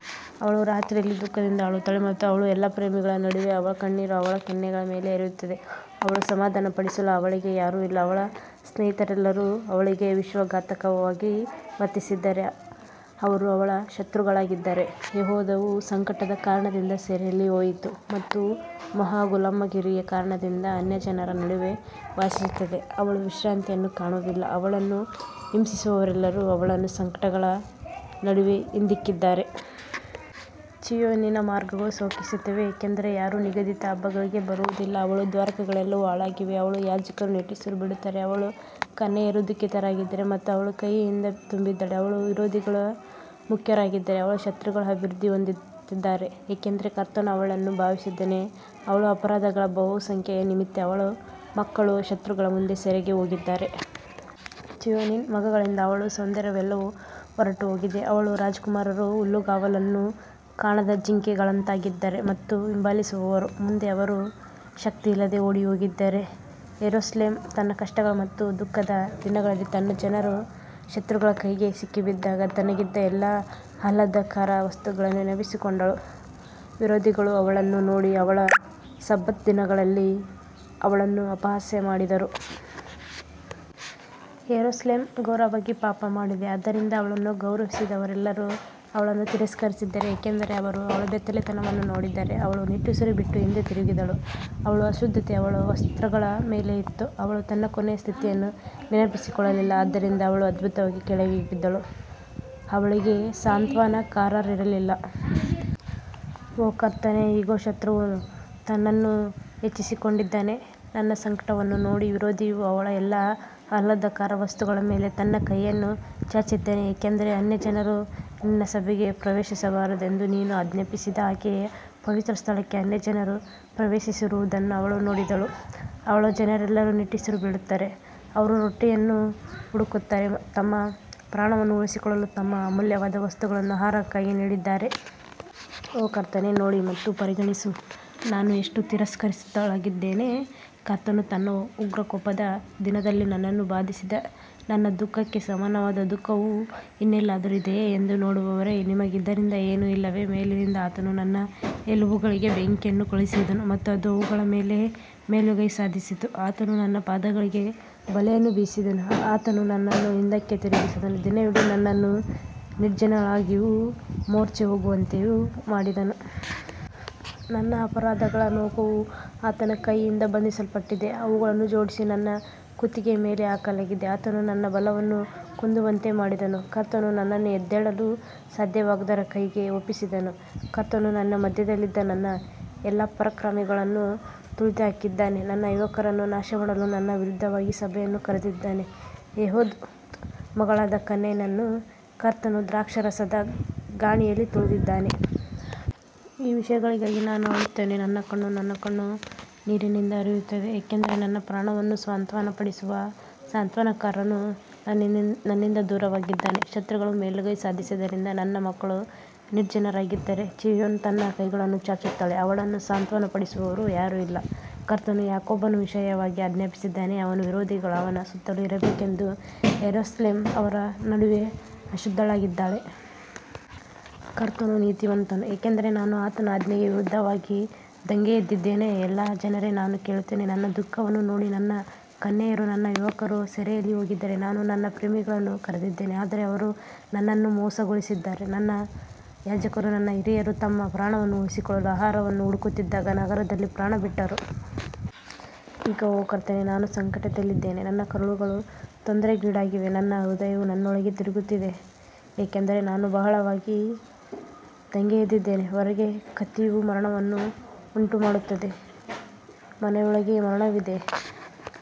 ಅವಳು ರಾತ್ರಿಯಲ್ಲಿ ದುಃಖದಿಂದ ಅಳುತ್ತಾಳೆ ಮತ್ತು ಅವಳ ಎಲ್ಲಾ ಪ್ರೇಮಿಗಳ ನಡುವೆ ಅವಳ ಕಣ್ಣೀರು ಅವಳ ಕೆನ್ನೆಗಳ ಮೇಲೆ ಹರಿಯುತ್ತದೆ, ಅವಳನ್ನು ಸಮಾಧಾನಪಡಿಸಲು ಅವಳಿಗೆ ಯಾರೂ ಇಲ್ಲ, ಅವಳ ಸ್ನೇಹಿತರೆಲ್ಲರೂ ಅವಳಿಗೆ ವಿಶ್ವಾಸಘಾತುಕವಾಗಿ ವರ್ತಿಸಿದ್ದಾರೆ, ಅವರು ಅವಳ ಶತ್ರುಗಳಾಗಿದ್ದಾರೆ. ಯೆಹೂದವು ಸಂಕಟದ ಕಾರಣದಿಂದ ಸೆರೆಯಲ್ಲಿ ಹೋಯಿತು ಮತ್ತು ಮಹಾ ಗುಲಾಮಗಿರಿಯ ಕಾರಣದಿಂದ ಅನ್ಯಜನರ ನಡುವೆ ವಾಸಿಸುತ್ತದೆ, ಅವಳು ವಿಶ್ರಾಂತಿಯನ್ನು ಕಾಣುವುದಿಲ್ಲ, ಅವಳನ್ನು ಹಿಂಸಿಸುವವರೆಲ್ಲರೂ ಅವಳನ್ನು ಸಂಕಟಗಳ ನಡುವೆ ಹಿಂದಿಕ್ಕಿದ್ದಾರೆ. ಚೀಯೋನಿನ ಮಾರ್ಗಗಳು ಶೋಕಿಸುತ್ತವೆ, ಏಕೆಂದರೆ ಯಾರೂ ನಿಗದಿತ ಹಬ್ಬಗಳಿಗೆ ಬರುವುದಿಲ್ಲ, ಅವಳ ದ್ವಾರಗಳೆಲ್ಲವೂ ಹಾಳಾಗಿವೆ, ಅವಳ ಯಾಜಕರು ನಿಟ್ಟುಸಿರು ಬಿಡುತ್ತಾರೆ, ಅವಳ ಕನ್ಯೆಯರು ದುಃಖಿತರಾಗಿದ್ದಾರೆ ಮತ್ತು ಅವಳು ಕಹಿಯಿಂದ ತುಂಬಿದ್ದಾಳೆ. ಅವಳ ವಿರೋಧಿಗಳು ಮುಖ್ಯರಾಗಿದ್ದಾರೆ, ಅವಳ ಶತ್ರುಗಳು ಅಭಿವೃದ್ಧಿ ಹೊಂದುತ್ತಿದ್ದಾರೆ, ಏಕೆಂದರೆ ಕರ್ತನು ಅವಳನ್ನು ಬಾಧಿಸಿದ್ದಾನೆ, ಅವಳ ಅಪರಾಧಗಳ ಬಹುಸಂಖ್ಯೆಯ ನಿಮಿತ್ತ ಅವಳ ಮಕ್ಕಳು ಶತ್ರುಗಳ ಮುಂದೆ ಸೆರೆಗೆ ಹೋಗಿದ್ದಾರೆ. ಚೀಯೋನಿನ ಮಗಳಿಂದ ಅವಳ ಸೌಂದರ್ಯವೆಲ್ಲವೂ ಹೊರಟುಹೋಗಿದೆ, ಅವಳ ರಾಜಕುಮಾರರು ಹುಲ್ಲುಗಾವಲನ್ನು ಕಾಣದ ಜಿಂಕೆಗಳಂತಾಗಿದ್ದಾರೆ ಮತ್ತು ಹಿಂಬಾಲಿಸುವವರ ಮುಂದೆ ಅವರು ಶಕ್ತಿಯಿಲ್ಲದೆ ಓಡಿಹೋಗಿದ್ದಾರೆ. ಯೆರೂಸಲೇಮ್ ತನ್ನ ಕಷ್ಟ ಮತ್ತು ದುಃಖದ ದಿನಗಳಲ್ಲಿ ತನ್ನ ಜನರು ಶತ್ರುಗಳ ಕೈಗೆ ಸಿಕ್ಕಿಬಿದ್ದಾಗ ತನಗಿದ್ದ ಎಲ್ಲಾ ಆಹ್ಲಾದಕರ ವಸ್ತುಗಳನ್ನು ನೆನಪಿಸಿಕೊಂಡಳು, ವಿರೋಧಿಗಳು ಅವಳನ್ನು ನೋಡಿ ಅವಳ ಸಬ್ಬತ್ ದಿನಗಳಲ್ಲಿ ಅವಳನ್ನು ಅಪಹಾಸ್ಯ ಮಾಡಿದರು. ಯೆರೂಸಲೇಮ್ ಘೋರವಾಗಿ ಪಾಪಮಾಡಿದೆ, ಆದ್ದರಿಂದ ಅವಳನ್ನು ಗೌರವಿಸಿದವರೆಲ್ಲರೂ ಅವಳನ್ನು ತಿರಸ್ಕರಿಸಿದ್ದಾರೆ, ಏಕೆಂದರೆ ಅವರು ಅವಳ ಬೆತ್ತಲೆತನವನ್ನು ನೋಡಿದ್ದಾರೆ, ಅವಳು ನಿಟ್ಟುಸಿರು ಬಿಟ್ಟು ಹಿಂದೆ ತಿರುಗಿದಳು, ಅವಳ ಅಶುದ್ಧತೆ ಅವಳ ವಸ್ತ್ರಗಳ ಮೇಲೆ ಇತ್ತು, ಅವಳು ತನ್ನ ಕೊನೆಯ ಸ್ಥಿತಿಯನ್ನು ನೆನಪಿಸಿಕೊಳ್ಳಲಿಲ್ಲ, ಆದ್ದರಿಂದ ಅವಳು ಅದ್ಭುತವಾಗಿ ಕೆಳಗೆ ಬಿದ್ದಳು, ಅವಳಿಗೆ ಸಾಂತ್ವನಕಾರರಿರಲಿಲ್ಲ. ಓ ಕರ್ತನೇ, ಇಗೋ, ಶತ್ರುವು ತನ್ನನ್ನು ಹೆಚ್ಚಿಸಿಕೊಂಡಿದ್ದಾನೆ. ನನ್ನ ಸಂಕಟವನ್ನು ನೋಡಿ, ವಿರೋಧಿಯು ಅವಳ ಎಲ್ಲಾ ಆಹ್ಲಾದಕರ ವಸ್ತುಗಳ ಮೇಲೆ ತನ್ನ ಕೈಯನ್ನು ಚಾಚಿದ್ದಾನೆ, ಏಕೆಂದರೆ ಅನ್ಯಜನರು ನಿನ್ನ ಸಭೆಗೆ ಪ್ರವೇಶಿಸಬಾರದೆಂದು ನೀನು ಆಜ್ಞಾಪಿಸಿದ ಆಕೆಯ ಪವಿತ್ರಸ್ಥಳಕ್ಕೆ ಅನ್ಯಜನರು ಪ್ರವೇಶಿಸಿರುವುದನ್ನು ಅವಳು ನೋಡಿದಳು. ಅವಳ ಜನರೆಲ್ಲರೂ ನಿಟ್ಟುಸಿರು ಬಿಡುತ್ತಾರೆ, ಅವರು ರೊಟ್ಟಿಯನ್ನು ಹುಡುಕುತ್ತಾರೆ, ತಮ್ಮ ಪ್ರಾಣವನ್ನು ಉಳಿಸಿಕೊಳ್ಳಲು ತಮ್ಮ ಅಮೂಲ್ಯವಾದ ವಸ್ತುಗಳನ್ನು ಆಹಾರಕ್ಕಾಗಿ ನೀಡಿದ್ದಾರೆ. ಓ ಕರ್ತನೇ, ನೋಡಿ ಮತ್ತು ಪರಿಗಣಿಸು, ನಾನು ಎಷ್ಟು ತಿರಸ್ಕೃತಳಾಗಿದ್ದೇನೆ. ಕರ್ತನು ತನ್ನ ಉಗ್ರಕೋಪದ ದಿನದಲ್ಲಿ ನನ್ನನ್ನು ಬಾಧಿಸಿದ ನನ್ನ ದುಃಖಕ್ಕೆ ಸಮಾನವಾದ ದುಃಖವು ಇನ್ನೆಲ್ಲಾದರೂ ಇದೆಯೇ ಎಂದು ನೋಡುವವರೇ, ನಿಮಗೆ ಇದರಿಂದ ಏನೂ ಇಲ್ಲವೇ? ಮೇಲಿನಿಂದ ಆತನು ನನ್ನ ಎಲುಬುಗಳಿಗೆ ಬೆಂಕಿಯನ್ನು ಕಳುಹಿಸಿದನು ಮತ್ತು ಅದು ಅವುಗಳ ಮೇಲೆ ಮೇಲುಗೈ ಸಾಧಿಸಿತು, ಆತನು ನನ್ನ ಪಾದಗಳಿಗೆ ಬಲೆಯನ್ನು ಬೀಸಿದನು, ಆತನು ನನ್ನನ್ನು ಹಿಂದಕ್ಕೆ ತಿರುಗಿಸಿದನು, ದಿನವಿಡೀ ನನ್ನನ್ನು ನಿರ್ಜನಳಾಗಿಯೂ ಮೂರ್ಛೆಹೋಗುವಂತೆಯೂ ಮಾಡಿದನು. ನನ್ನ ಅಪರಾಧಗಳ ನೊಗವು ಆತನ ಕೈಯಿಂದ ಬಂಧಿಸಲ್ಪಟ್ಟಿದೆ, ಅವುಗಳನ್ನು ಜೋಡಿಸಿ ನನ್ನ ಕುತ್ತಿಗೆಯ ಮೇಲೆ ಹಾಕಲಾಗಿದೆ, ಆತನು ನನ್ನ ಬಲವನ್ನು ಕುಂದುವಂತೆ ಮಾಡಿದನು, ಕರ್ತನು ನನ್ನನ್ನು ಎದ್ದೇಳಲು ಸಾಧ್ಯವಾಗದವರ ಕೈಗೆ ಒಪ್ಪಿಸಿದನು. ಕರ್ತನು ನನ್ನ ಮಧ್ಯದಲ್ಲಿದ್ದ ನನ್ನ ಎಲ್ಲಾ ಪರಾಕ್ರಮಿಗಳನ್ನು ತುಳಿದುಹಾಕಿದ್ದಾನೆ, ನನ್ನ ಯುವಕರನ್ನು ನಾಶಮಾಡಲು ನನ್ನ ವಿರುದ್ಧವಾಗಿ ಸಭೆಯನ್ನು ಕರೆದಿದ್ದಾನೆ, ಯೆಹೂದದ ಮಗಳಾದ ಕನ್ಯೆಯನ್ನು ಕರ್ತನು ದ್ರಾಕ್ಷಾರಸದ ಗಾಣಿಯಲ್ಲಿ ತುಳಿದಿದ್ದಾನೆ. ಈ ವಿಷಯಗಳಿಗಾಗಿ ನಾನು ಅಳುತ್ತೇನೆ, ನನ್ನ ಕಣ್ಣು, ನನ್ನ ಕಣ್ಣು ನೀರಿನಿಂದ ಹರಿಯುತ್ತದೆ, ಏಕೆಂದರೆ ನನ್ನ ಪ್ರಾಣವನ್ನು ಸಾಂತ್ವನಪಡಿಸುವ ಸಾಂತ್ವನಕಾರನು ನನ್ನಿಂದ ದೂರವಾಗಿದ್ದಾನೆ, ಶತ್ರುಗಳು ಮೇಲುಗೈ ಸಾಧಿಸಿದ್ದರಿಂದ ನನ್ನ ಮಕ್ಕಳು ನಿರ್ಜನರಾಗಿದ್ದಾರೆ. ಚೀಯೋನ್ ತನ್ನ ಕೈಗಳನ್ನು ಚಾಚುತ್ತಾಳೆ, ಅವಳನ್ನು ಸಾಂತ್ವನಪಡಿಸುವವರು ಯಾರೂ ಇಲ್ಲ. ಕರ್ತನು ಯಾಕೋಬನ ವಿಷಯವಾಗಿ ಆಜ್ಞಾಪಿಸಿದ್ದಾನೆ, ಅವನ ವಿರೋಧಿಗಳು ಅವನ ಸುತ್ತಲೂ ಇರಬೇಕೆಂದು, ಯೆರೂಸಲೇಮ್ ಅವರ ನಡುವೆ ಅಶುದ್ಧಳಾಗಿದ್ದಾಳೆ. ಕರ್ತನು ನೀತಿವಂತನು, ಏಕೆಂದರೆ ನಾನು ಆತನ ಆಜ್ಞೆಗೆ ವಿರುದ್ಧವಾಗಿ ದಂಗೆಯೆದ್ದಿದ್ದೇನೆ. ಎಲ್ಲಾ ಜನರೇ, ನಾನು ಕೇಳುತ್ತೇನೆ, ನನ್ನ ದುಃಖವನ್ನು ನೋಡಿ, ನನ್ನ ಕನ್ಯೆಯರೂ ನನ್ನ ಯುವಕರೂ ಸೆರೆಯಲ್ಲಿ ಹೋಗಿದ್ದಾರೆ. ನಾನು ನನ್ನ ಪ್ರೇಮಿಗಳನ್ನು ಕರೆದಿದ್ದೇನೆ, ಆದರೆ ಅವರು ನನ್ನನ್ನು ಮೋಸಗೊಳಿಸಿದ್ದಾರೆ. ನನ್ನ ಯಾಜಕರೂ ನನ್ನ ಹಿರಿಯರೂ ತಮ್ಮ ಪ್ರಾಣವನ್ನು ಉಳಿಸಿಕೊಳ್ಳಲು ಆಹಾರವನ್ನು ಹುಡುಕುತ್ತಿದ್ದಾಗ ನಗರದಲ್ಲಿ ಪ್ರಾಣಬಿಟ್ಟರು. ಇಗೋ, ಓ ಕರ್ತನೇ, ನಾನು ಸಂಕಟದಲ್ಲಿದ್ದೇನೆ, ನನ್ನ ಕರುಳುಗಳು ತೊಂದರೆಗೀಡಾಗಿವೆ, ನನ್ನ ಹೃದಯವು ನನ್ನೊಳಗೆ ತಿರುಗುತ್ತಿದೆ, ಏಕೆಂದರೆ ನಾನು ಬಹಳವಾಗಿ ದಂಗೆಯೆದ್ದಿದ್ದೇನೆ. ಹೊರಗೆ ಕತ್ತಿಯು ಮರಣವನ್ನು ಉಂಟುಮಾಡುತ್ತದೆ, ಮನೆಯೊಳಗೆ ಮರಣವಿದೆ.